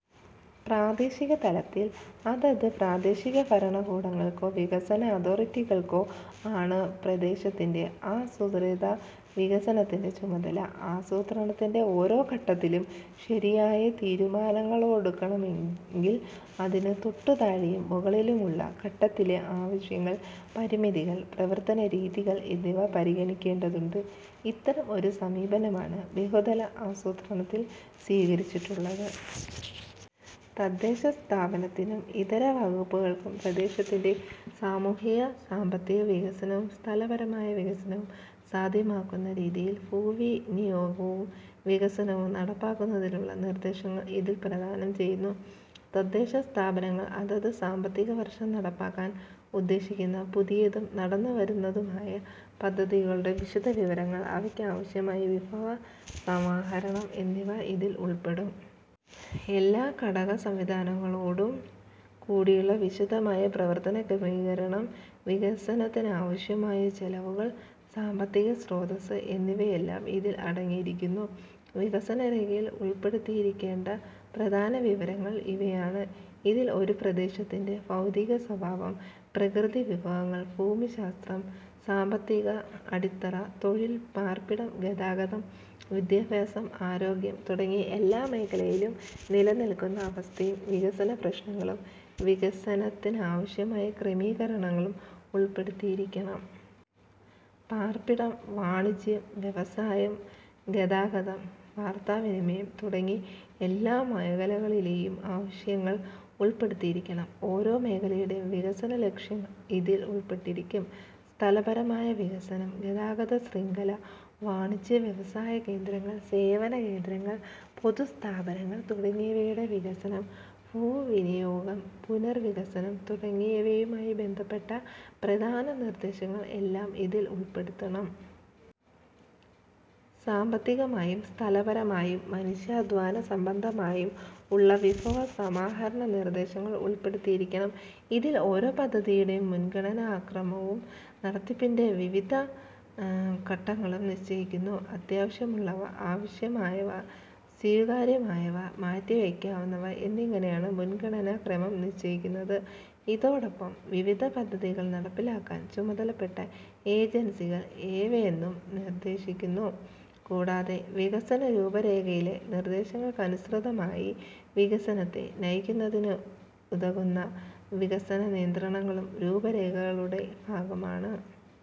പ്രാദേശിക തലത്തിൽ അതത് പ്രാദേശിക ഭരണകൂടങ്ങൾക്കോ വികസന അതോറിറ്റികൾക്കോ ആണ് പ്രദേശത്തിന്റെ ആസൂത്രിത വികസനത്തിന്റെ ചുമതല. ആസൂത്രണത്തിന്റെ ഓരോ ഘട്ടത്തിലും ശരിയായ തീരുമാനങ്ങളെടുക്കണമെങ്കിൽ അതിന് തൊട്ടുതാഴെയും മുകളിലുമുള്ള ഘട്ടത്തിലെ ആവശ്യങ്ങൾ, പരിമിതികൾ, പ്രവർത്തന രീതികൾ എന്നിവ പരിഗണിക്കേണ്ടതുണ്ട്. ഇത്തരം ഒരു സമീപനമാണ് ബഹുതല ആസൂത്രണത്തിൽ സ്വീകരിച്ചിട്ടുള്ളത്. തദ്ദേശസ്ഥാപനത്തിനും ഇതര വകുപ്പുകൾക്കും പ്രദേശത്തിന്റെ സാമൂഹ്യ-സാമ്പത്തിക വികസനവും സ്ഥലപരമായ വികസനവും സാധ്യമാക്കുന്ന രീതിയിൽ ഭൂവിനിയോഗവും വികസനവും നടപ്പാക്കുന്നതിനുള്ള നിർദ്ദേശങ്ങൾ ഇതിൽ പ്രദാനം ചെയ്യുന്നു. തദ്ദേശസ്ഥാപനങ്ങൾ അതത് സാമ്പത്തിക വർഷം നടപ്പാക്കാൻ ഉദ്ദേശിക്കുന്ന പുതിയതും നടന്നുവരുന്നതുമായ പദ്ധതികളുടെ വിശദവിവരങ്ങൾ, അവയ്ക്കാവശ്യമായ വിഭവ സമാഹരണം എന്നിവ ഇതിൽ ഉൾപ്പെടും. എല്ലാ ഘടകസംവിധാനങ്ങളോടും കൂടിയുള്ള വിശദമായ പ്രവർത്തന ക്രമീകരണം, വികസനത്തിനാവശ്യമായ ചെലവുകൾ, സാമ്പത്തിക സ്രോതസ്സ്, എന്നിവയെല്ലാം ഇതിൽ അടങ്ങിയിരിക്കുന്നു. വികസന രേഖയിൽ ഉൾപ്പെടുത്തിയിരിക്കേണ്ട പ്രധാന വിവരങ്ങൾ ഇവയാണ്. ഇതിൽ ഒരു പ്രദേശത്തിന്റെ ഭൌതികസ്വഭാവം, പ്രകൃതിവിഭവങ്ങൾ, ഭൂമിശാസ്ത്രം, സാമ്പത്തിക അടിത്തറ, തൊഴിൽ, പാർപ്പിടം, ഗതാഗതം, വിദ്യാഭ്യാസം, ആരോഗ്യം തുടങ്ങി എല്ലാ മേഖലയിലും നിലനില്ക്കുന്ന അവസ്ഥയും വികസനപ്രശ്നങ്ങളും വികസനത്തിനാവശ്യമായ ക്രമീകരണങ്ങളും ഉൾപ്പെടുത്തിയിരിക്കണം. പാർപ്പിടം, വാണിജ്യം, വ്യവസായം, ഗതാഗതം, വാർത്താവിനിമയം തുടങ്ങി എല്ലാ മേഖലകളിലെയും ആവശ്യങ്ങൾ ഉൾപ്പെടുത്തിയിരിക്കണം. ഓരോ മേഖലയുടെയും വികസനലക്ഷ്യങ്ങൾ ഇതിൽ ഉൾപ്പെട്ടിരിക്കും. സ്ഥലപരമായ വികസനം, ഗതാഗത ശൃംഖല, വാണിജ്യ വ്യവസായ കേന്ദ്രങ്ങൾ, സേവനകേന്ദ്രങ്ങൾ, പൊതു സ്ഥാപനങ്ങൾ തുടങ്ങിയവയുടെ വികസനം; ഭൂവിനിയോഗം; പുനർവികസനം തുടങ്ങിയവയുമായി ബന്ധപ്പെട്ട പ്രധാന നിർദ്ദേശങ്ങൾ എല്ലാം ഇതിൽ ഉൾപ്പെടുത്തണം. സാമ്പത്തിമായും സ്ഥലപരമായും മനുഷ്യാധ്വാനസംബന്ധമായും ഉള്ള വിഭവ സമാഹരണനിർദ്ദേശങ്ങൾ ഉൾപ്പെടുത്തിയിരിക്കണം. ഇതിൽ ഓരോ പദ്ധതിയുടെയും മുൻഗണനാക്രമവും നടത്തിപ്പിന്റെ വിവിധ ഘട്ടങ്ങളും നിശ്ചയിക്കുന്നു. അത്യാവശ്യമുള്ളവ, ആവശ്യമായവ, സ്വീകാര്യമായവ, മാറ്റിവയ്ക്കാവുന്നവ എന്നിങ്ങനെയാണ് മുൻഗണനാ ക്രമം നിശ്ചയിക്കുന്നത്. ഇതൊടൊപ്പം വിവിധ പദ്ധതികൾ നടപ്പിലാക്കാൻ ചുമതലപ്പെട്ട ഏജൻസികൾ ഏവയെന്നും നിർദ്ദേശിക്കുന്നു. കൂടാതെ വികസനരൂപരേഖയിലെ നിർദ്ദേശങ്ങൾക്കനുസൃതമായി വികസനത്തെ നയിക്കുന്നതിനുതകുന്ന വികസന നിയന്ത്രണങ്ങളും രൂപരേഖകളുടെ ഭാഗമാണ്.